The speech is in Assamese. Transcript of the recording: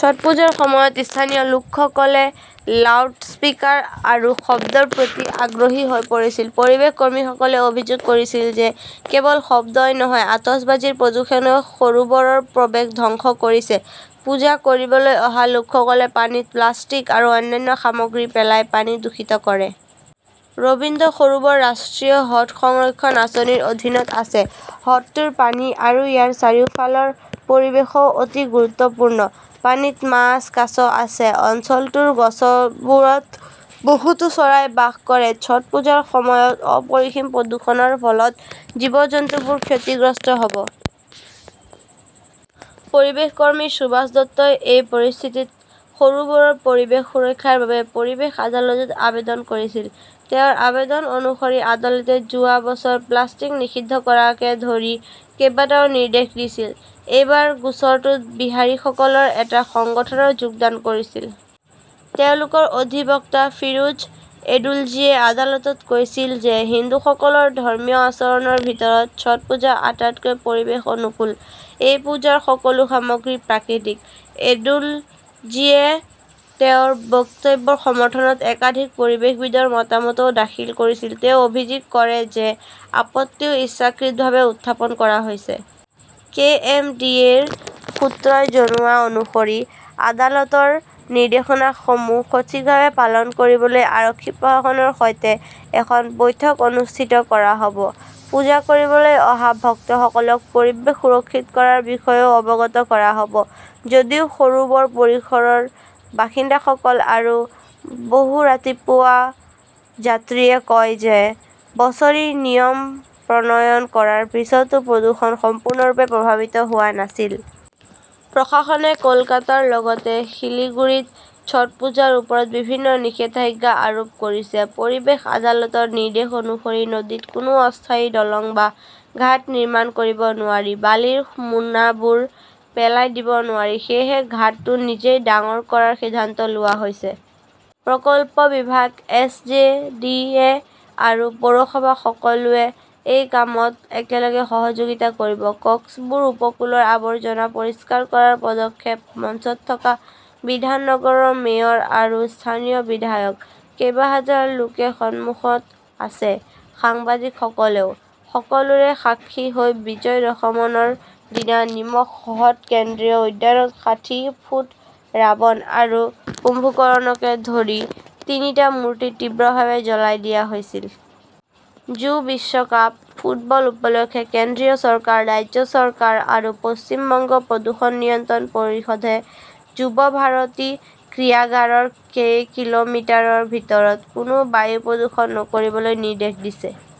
ছট পূজাৰ সময়ত স্থানীয় লোকসকলে লাউডস্পিকাৰ আৰু শব্দৰ প্ৰতি আগ্ৰহী হৈ পৰিছিল। পৰিৱেশ কৰ্মীসকলে অভিযোগ কৰিছিল যে কেৱল শব্দই নহয়, আতচবাজীৰ প্ৰদূষণেও সৰোবৰৰ পৰিৱেশ ধ্বংস কৰিছে। পূজা কৰিবলৈ অহা লোকসকলে পানীত প্লাষ্টিক আৰু অন্যান্য সামগ্ৰী পেলাই পানী দূষিত কৰে। ৰবীন্দ্ৰ সৰোবৰ ৰাষ্ট্ৰীয় হ্ৰদ সংৰক্ষণ আঁচনিৰ অধীনত আছে। হ্ৰদটোৰ পানী আৰু ইয়াৰ চাৰিওফালৰ পৰিৱেশও অতি গুৰুত্বপূৰ্ণ। পানীত মাছ, কাছ আছে। অঞ্চলটোৰ গছবোৰত বহুতো চৰাই বাস কৰে। ছট পূজাৰ সময়ত অপৰিসীম প্ৰদূষণৰ ফলত জীৱ-জন্তুবোৰ ক্ষতিগ্ৰস্ত হব। পৰিৱেশ কৰ্মী সুভাষ দত্তই এই পৰিস্থিতিত সৰোবৰৰ পৰিৱেশ সুৰক্ষাৰ বাবে পৰিৱেশ আদালতত আবেদন কৰিছিল। তেওঁৰ আবেদন অনুসৰি আদালতে যোৱা বছৰ প্লাষ্টিক নিষিদ্ধ কৰাকে ধৰি কেইবাটাও নিৰ্দেশ দিছিল। এইবাৰ গোচৰটোত বিহাৰীসকলৰ এটা সংগঠনেও যোগদান কৰিছিল। তেওঁলোকৰ অধিবক্তা ফিৰোজ এডুলজীয়ে আদালতত কৈছিল যে হিন্দুসকলৰ ধৰ্মীয় আচৰণৰ ভিতৰত ছট পূজা আটাইতকৈ পৰিৱেশ অনুকূল। এই পূজাৰ সকলো সামগ্ৰী প্ৰাকৃতিক। এডুলজীয়ে তেওঁৰ বক্তব্যৰ সমৰ্থনত একাধিক পৰিৱেশবিদৰ মতামতও দাখিল কৰিছিল। তেওঁ অভিযোগ কৰে যে আপত্তিটো ইচ্ছাকৃতভাৱে উত্থাপন কৰা হৈছে। কে. এম. ডি. এ. -ৰ সূত্ৰই জনোৱা অনুসৰি আদালতৰ নিৰ্দেশনাসমূহ সঠিকভাৱে পালন কৰিবলৈ আৰক্ষী-প্ৰশাসনৰ সৈতে এখন বৈঠক অনুষ্ঠিত কৰা হব। পূজা কৰিবলৈ অহা ভক্তসকলক পৰিৱেশ সুৰক্ষিত কৰাৰ বিষয়েও অৱগত কৰা হব। যদিও সৰোবৰ পৰিসৰৰ বাসিন্দাসকল আৰু বহু ৰাতিপুৱাৰ যাত্ৰীয়ে কয় যে যোৱা বছৰ নিয়ম প্ৰণয়ন কৰাৰ পিছতো প্ৰদূষণ সম্পূৰ্ণৰূপে প্ৰভাৱিত হোৱা নাছিল। প্ৰশাসনে কলকাতাৰ লগতে শিলিগুড়িত ছট পূজাৰ ওপৰত বিভিন্ন নিষেধাজ্ঞা আৰোপ কৰিছে। পৰিৱেশ আদালতৰ নিৰ্দেশ অনুসৰি নদীত কোনো অস্থায়ী দলং বা ঘাট নিৰ্মাণ কৰিব নোৱাৰি। বালিৰ মোনাবোৰ পেলাই দিব নোৱাৰি। সেয়েহে ঘাটটো নিজেই ডাঙৰ কৰাৰ সিদ্ধান্ত লোৱা হৈছে। প্ৰকল্প বিভাগ, এছ. জে. ডি. এ. আৰু পৌৰসভা-সকলোৱে এই কামত একেলগে সহযোগিতা কৰিব। কক্সবুৰ উপকূলৰ আৱৰ্জনা পৰিষ্কাৰ কৰাৰ পদক্ষেপ মঞ্চত থকা বিধাননগৰৰ মেয়ৰ আৰু স্থানীয় বিধায়ক। কেইবা হাজাৰ লোকে সন্মুখত আছে, সাংবাদিকসকলেও। সকলোৰে সাক্ষী হৈ বিজয় দশমৰ দিনা নিমখ হ্ৰদ কেন্দ্ৰীয় উদ্যানত ষাঠি ফুট ৰাৱণ আৰু কুম্ভকৰ্ণকে ধৰি তিনিটা মূৰ্তি তীব্ৰভাৱে জ্বলাই দিয়া হৈছিল। যু- বিশ্বকাপ ফুটবল উপলক্ষে কেন্দ্ৰীয় চৰকাৰ, ৰাজ্য চৰকাৰ আৰু পশ্চিম বংগ প্ৰদূষণ নিয়ন্ত্ৰণ পৰিষদে যুৱ ভাৰতী ক্ৰীড়াগাৰৰ কেইকিলোমিটাৰৰ ভিতৰত কোনো বায়ু প্ৰদূষণ নকৰিবলৈ নিৰ্দেশ দিছে।